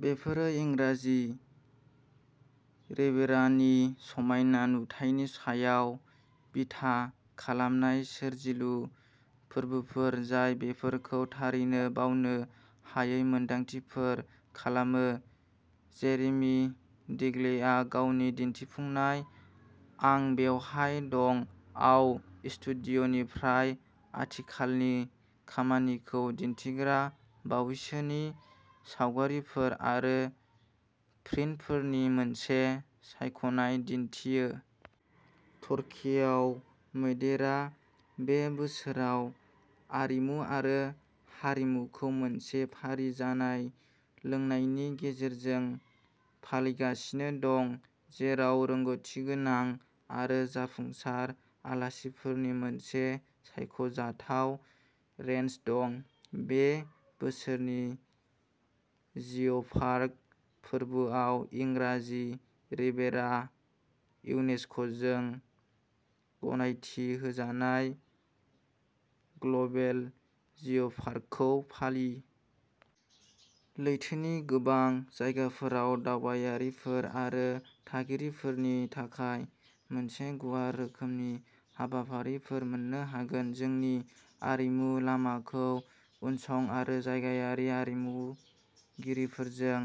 बेफोरो इंराजि रिभेरानि समायना नुथायनि सायाव बिथा खालामनाय सोरजिलु फोरबोफोर, जाय बेफोरखौ थारैनो बावनो हायै मोनदांथिफोर खालामो। जेरेमि डिग्लेआ गावनि दिन्थिफुंनाय, "आं बेवहाय दं" आव स्टुडिय'निफ्राय आथिखालनि खामानिखौ दिन्थिग्रा बावैसोनि सावगारिफोर आरो प्रिन्टफोरनि मोनसे सायख'नाय दिन्थियो। टरकेआव मैदेरआ बे बोसोराव आरिमु आरो हारिमुखौ मोनसे फारि जानाय-लोंनायनि गेजेरजों फालिगासिनो दं, जेराव रोंग'थिगोनां आरो जाफुंसार आलासिफोरनि मोनसे सायख'जाथाव रेन्ज दं। बे बोसोरनि जिय'पार्क फोरबोआव इंराजि रिभेरा इउनेस्क'जों गनायथि होजानाय ग्ल'बेल जिय'पार्कखौ फालि। लैथोनि गोबां जायगाफोराव दावबायारिफोर आरो थागिरिफोरनि थाखाय मोनसे गुवार रोखोमनि हाबाफारिफोर मोन्नो हागोन। जोंनि आरिमु लामाखौ उनसं आरो जायगायारि आरिमुगिरिफोरजों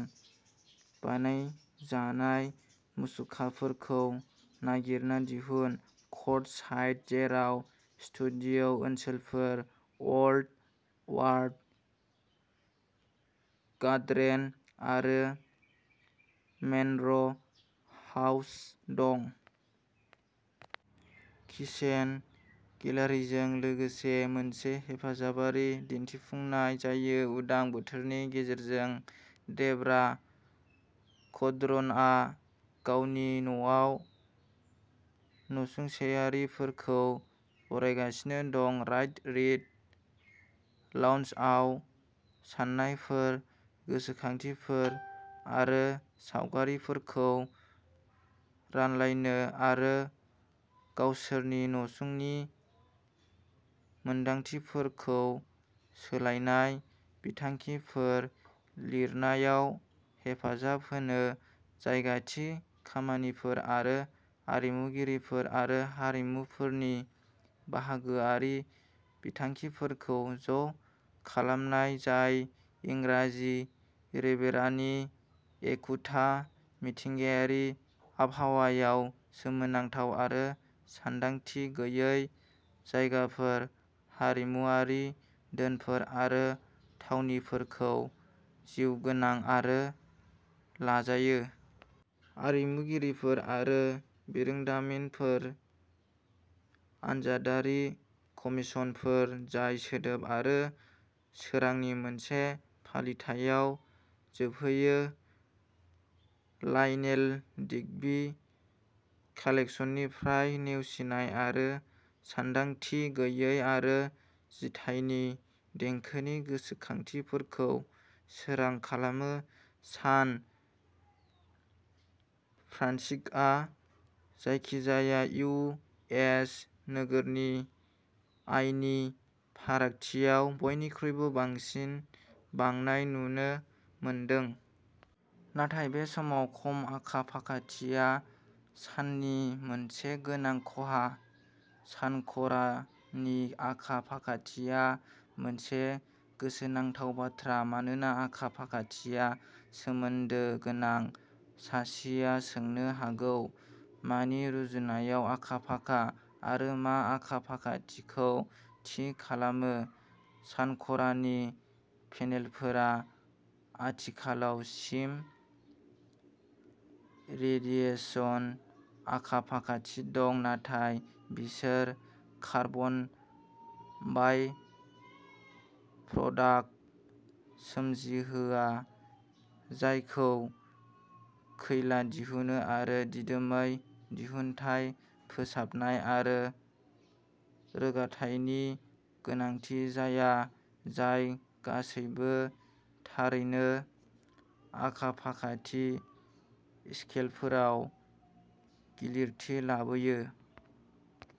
बानायजानाय मुसुखाफोरखौ नागिरना दिहुन। कर्ट साइट, जेराव स्टुडिय'ओनसोलफोर, वाल्ड आर्ट गार्डेन आरो मेन'र हाउस दं। किचेन गेलारिजों लोगोसे मोनसे हेफाजाबारि दिन्थिफुंनाय जायो। उदां बोथोरनि गेजेरजों, डेब'रा क'र्डनआ गावनि न'आव नसुंसेयारिफोरखौ बरायगासिनो दं-राइट रीड लाउन्जआव-साननायफोर, गोसोखांथिफोर आरो सावगारिफोरखौ रानलायनो, आरो गावसोरनि नसुंसेनि मोनदांथिफोरखौ सोलायनाय बिथांखिफोर लिरनायाव हेफाजाब होनो। जायगा-थि खामानिफोर आरो आरिमुगिरिफोर आरो हारिफोरनि बाहागोआरि बिथांखिफोरखौ ज'खालामनाय जाय इंराजि रिभेरानि एखुथा मिथिंगायारि आबहावायाव सोमोनांथाव आरो सानदांथि गैयै जायगाफोर, हारिमुआरि धोनफोर आरो थावनिफोरखौ जिउगोनां आरो लाजायो। आरिमुगिरिफोर आरो बिरोंदामिनफोरजों आनजादारि कमिसनफोर, जाय सोदोब आरो सोरांनि मोनसे फालिथायाव जोबहैयो, लायनेल डिग्बी कालेक्सननिफ्राय नेवसिनाय आरो सानदांथि गैयै आरो जिथाइनि देंखोनि गोसोखांथिफोरखौ सोरां खालामो। सान फ्रान्सिस्क'आ जायखिजाया इउ. एस. नोगोरनि आयनि फारागथियाव बयनिख्रुइ बांसिन बांनाय नुनो मोनदों। नाथाय बे समाव, खम आखा-फाखाथिया साननि मोनसे गोनां खहा। सानखरानि आखा-फाखाथिया मोनसे गोसोनांथाव बाथ्रा, मानोना आखा-फाखाथिया सोमोन्दो गोनां। सासेया सोंनो हागौ "मानि रुजुनायाव आखा-फाखा? " आरो "मा आखा-फाखाथिखौ थि खालामो? " सानखरानि पेनेलफोरा आथिखालाव सिम रेडिएसन आखा-फाखाथि दं, नाथाय बिसोर कार्बन बाइ-प्रडाक्ट सोमजिहोआ जायखौ खैला दिहुनो आरो दिदोमै दिहुनथाय, फोसाबनाय आरो रोगाथायनि गोनांथि जाया-जाय गासैबो थारैनो आखा-फाखाथि स्केलफोराव गिलिरथि लाबोयो।